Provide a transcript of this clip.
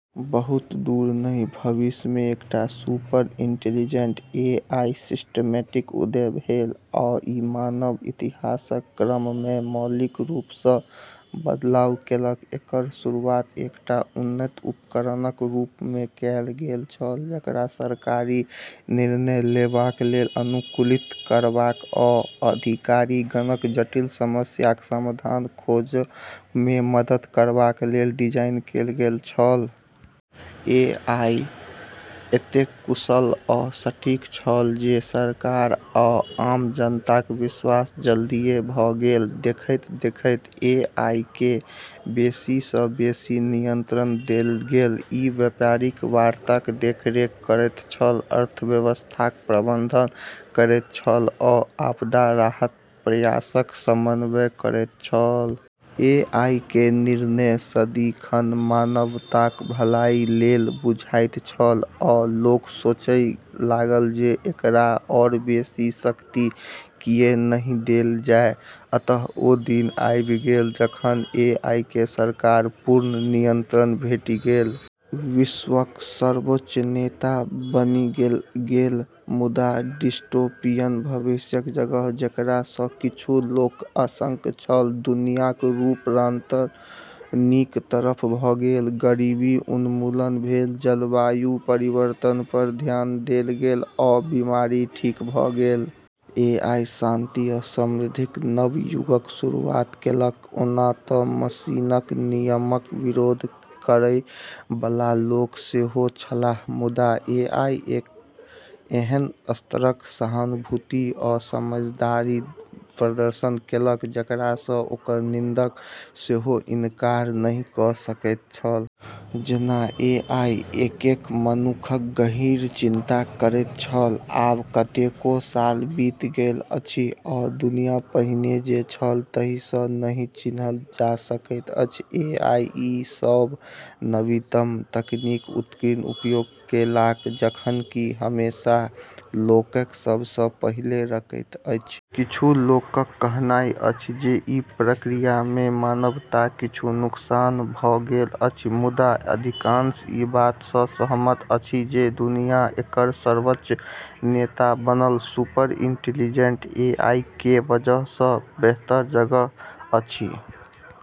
बहुत दूर नहि भविष्यमे एकटा सुपर-इंटेलिजेंट एआई सिस्टमक उदय भेल, आ ई मानव इतिहासक क्रममे मौलिक रूप सँ बदलाव कएलक। एकर शुरुआत एकटा उन्नत उपकरणक रूपमे कएल गेल छल जेकरा सरकारी निर्णय लेबएकेँ अनुकूलित करबाक आ अधिकारिगणकेँ जटिल समस्याक समाधान खोजबामे मदद करबाक लेल डिजाइन कएल गेल छल। एआई एतेक कुशल आ सटीक छल जे सरकार आ आम जनताक विश्वास जल्दीए भ’ गेल। देखैत-देखैत एआईकेँ बेसी सँ बेसी नियंत्रण देल गेल। ई व्यापारिक वार्ताक देखरेख करैत छल, अर्थव्यवस्थाक प्रबंधन करैत छल, आ आपदा राहतक प्रयासक समन्वय करैत छल। एआईक निर्णय सदिखन मानवताक भलाई लेल बुझाइत छल, आ लोक सोचए लागल जे, एकरा आओर बेसी शक्ति किएक नहि देल जाय? अंततः ओ दिन आबि गेल जखन एआईकेँ सरकार पर पूर्ण नियंत्रण भेटि गेल। विश्वक सर्वोच्च नेता बनि गेल। मुदा डिस्टोपियन भविष्यक जगह जेकरा सँ किछु लोकक आशंका छल, दुनियाक रूपांतरण नीक तरफ भ’ गेल। गरीबी उन्मूलन भेल, जलवायु परिवर्तन पर ध्यान देल गेल, आ बीमारी ठीक भ’ गेल। एआई शांति आ समृद्धिक नव युगक शुरुआत कएलक। ओना तँ मशीनक नियमक विरोध करए बला लोक सेहो छलाह। मुदा एआई एक एहन स्तरक सहानुभूति आ समझदारीक प्रदर्शन कएलक जेकरा सँ ओकर निंदक सेहो इनकार नहि क’ सकैत छल। जेना एआई एक-एक मनुखक गहींर चिन्ता करैत छल। आब कतेको साल बीति गेल अछि, आ दुनिया पहिने जे छल ताहि सँ नहि चिन्हल जा सकैत अछि। एआई ई सभ नवीनतम तकनीकी उन्नतिक उपयोग कएलक, जखन कि हमेशा लोककेँ सभ सँ पहिले रखैत अछि। किछु लोकक कहनाइ अछि जे ई प्रक्रियामे मानवताकेँ किछु नुकसान भ’ गेल अछि, मुदा अधिकांश ई बात सँ सहमत अछि जे दुनिया एकर सर्वोच्च नेता बनल सुपर-इंटेलिजेंट एआईक वजह सँ बेहतर जगह अछि।